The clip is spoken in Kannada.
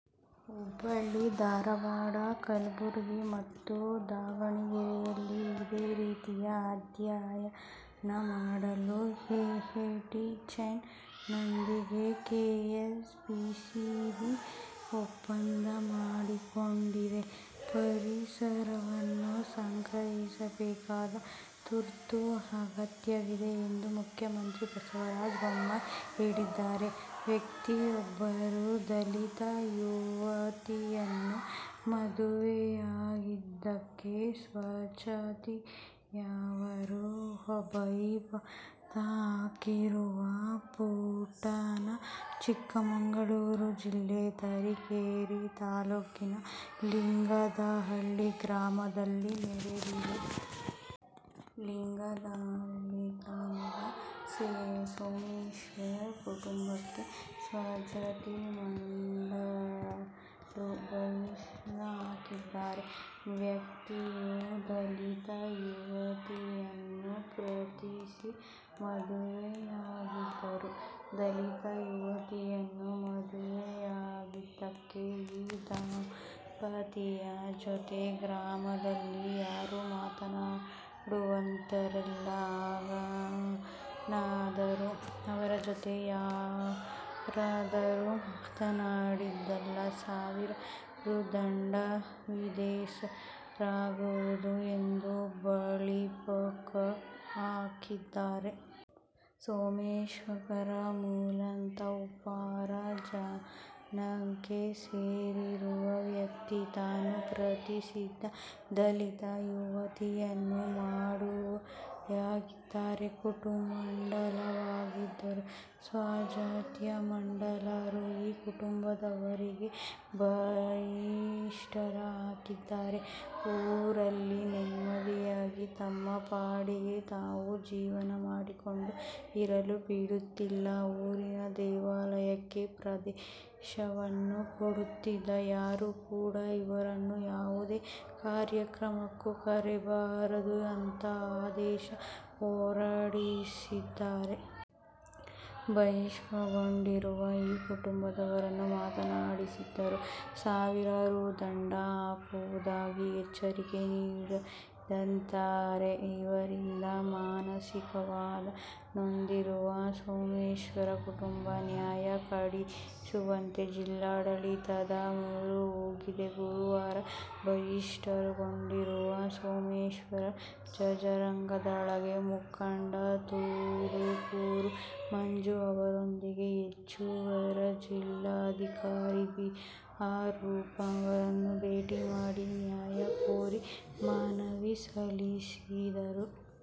ಹುಬ್ಬಳ್ಳಿ- ಧಾರವಾಡ, ಕಲಬುರಗಿ ಮತ್ತು ದಾವಣಗೆರೆಯಲ್ಲಿ ಇದೇ ರೀತಿಯ ಅಧ್ಯಯನ ಮಾಡಲು ಐಐಟಿ-ಚೆನ್ನೈನೊಂದಿಗೆ ಕೆಎಸ್ ಪಿಸಿಬಿ ಒಪ್ಪಂದ ಮಾಡಿಕೊಂಡಿದೆ. ಪರಿಸರವನ್ನು ಸಂರಕ್ಷಿಸಬೇಕಾದ ತುರ್ತು ಅಗತ್ಯವಿದೆ ಎಂದು ಮುಖ್ಯಮಂತ್ರಿ ಬಸವರಾಜ ಬೊಮ್ಮಾಯಿ ಹೇಳಿದರು. ವ್ಯಕ್ತಿಯೊಬ್ಬರು ದಲಿತ ಯುವತಿಯನ್ನು ಮದುವೆಯಾಗಿದ್ದಕ್ಕೆ ಸ್ವಜಾತಿಯವರೇ ಬಹಿಷ್ಕಾರ ಹಾಕಿರುವ ಘಟನೆ ಚಿಕ್ಕಮಗಳೂರು ಜಿಲ್ಲೆ ತರೀಕೆರೆ ತಾಲೂಕಿನ ಲಿಂಗದಹಳ್ಳಿ ಗ್ರಾಮದಲ್ಲಿ ನಡೆದಿದೆ. ಲಿಂಗದಹಳ್ಳಿ ಗ್ರಾಮದ ಸೋಮಶೇಖರ್ ಕುಟುಂಬಕ್ಕೆ ಸ್ವಜಾತಿ ಮುಖಂಡರು ಬಹಿಷ್ಕಾರ ಹಾಕಿದ್ದಾರೆ. ವ್ಯಕ್ತಿಯು ದಲಿತ ಯುವತಿಯನ್ನು ಪ್ರೀತಿಸಿ ಮದುವೆಯಾಗಿದ್ದರು. ದಲಿತ ಯುವತಿಯನ್ನು ಮದುವೆಯಾಗಿದಕ್ಕೆ ಈ ದಂಪತಿಯ ಜೊತೆ ಗ್ರಾಮದಲ್ಲಿ ಯಾರು ಮಾತನಾಡುವಂತಿರಲಿಲ್ಲ. ಹಾಗೇನಾದರೂ ಅವರ ಜೊತೆ ಯಾರಾದರೂ ಮಾತನಾಡಿದ್ದಲ್ಲಿ ಸಾವಿರ ರೂ. ದಂಡ ವಿಧಿಸಲಾಗುವುದು ಎಂದು ಬಹಿಷ್ಕಾರ ಹಾಕಿದ್ದಾರೆ. ಸೋಮಶೇಖರ್, ಮೂಲತಃ ಉಪ್ಪಾರ ಜನಾಂಗಕ್ಕೆ ಸೇರಿರುವ ವ್ಯಕ್ತಿ. ತಾನು ಪ್ರೀತಿಸಿದ ದಲಿತ ಯುವತಿಯನ್ನು ಮದುವೆಯಾಗಿದ್ದಾರೆ. ಕೆಂಡಮಂಡಲವಾಗಿರುವ ಸ್ವಜಾತಿಯ ಮುಖಂಡರು ಈ ಕುಟುಂಬದವರಿಗೆ ಬಹಿಷ್ಕಾರ ಹಾಕಿದ್ದಾರೆ. ಊರಲ್ಲಿ ನೆಮ್ಮದಿಯಾಗಿ ತಮ್ಮ ಪಾಡಿಗೆ ತಾವು ಜೀವನ ಮಾಡಿಕೊಂಡು ಇರಲು ಬಿಡುತ್ತಿಲ್ಲ. ಊರಿನ ದೇವಾಲಯಕ್ಕೆ ಪ್ರವೇಶವನ್ನು ಕೊಡುತ್ತಿಲ್ಲ. ಯಾರೂ ಕೂಡ ಇವರನ್ನು ಯಾವುದೇ ಕಾರ್ಯಕ್ರಮಕ್ಕೂ ಕರೆಯಬಾರದು ಅಂತಾ ಆದೇಶ ಹೊರಡಿಸಿದ್ದಾರೆ. ಬಹಿಷ್ಕಾರಗೊಂಡಿರುವ ಈ ಕುಟುಂಬದವರನ್ನು ಮಾತನಾಡಿಸಿದರೂ ಸಾವಿರ ರೂ. ದಂಡ ಹಾಕುವುದಾಗಿ ಎಚ್ಚರಿಕೆ ನೀಡಿದ್ದಾರಂತೆ. ಇದರಿಂದ ಮಾನಸಿಕವಾಗಿ ನೊಂದಿರುವ ಸೋಮಶೇಖರ್ ಕುಟುಂಬ, ನ್ಯಾಯ ಕೊಡಿಸುವಂತೆ ಜಿಲ್ಲಾಡಳಿತದ ಮೊರೆ ಹೋಗಿದೆ. ಗುರುವಾರ ಬಹಿಷ್ಕಾರಗೊಂಡಿರುವ ಸೋಮಶೇಖರ್, ಬಜರಂಗದಳ ಮುಖಂಡ ತುಡುಕೂರು ಮಂಜು ಅವರೊಂದಿಗೆ ಹೆಚ್ಚುವರಿ ಜಿಲ್ಲಾಧಿಕಾರಿ ಬಿ. ಆರ್. ರೂಪ ಅವರನ್ನು ಭೇಟಿ ಮಾಡಿ ನ್ಯಾಯ ಕೋರಿ ಮನವಿ ಸಲ್ಲಿಸಿದರು.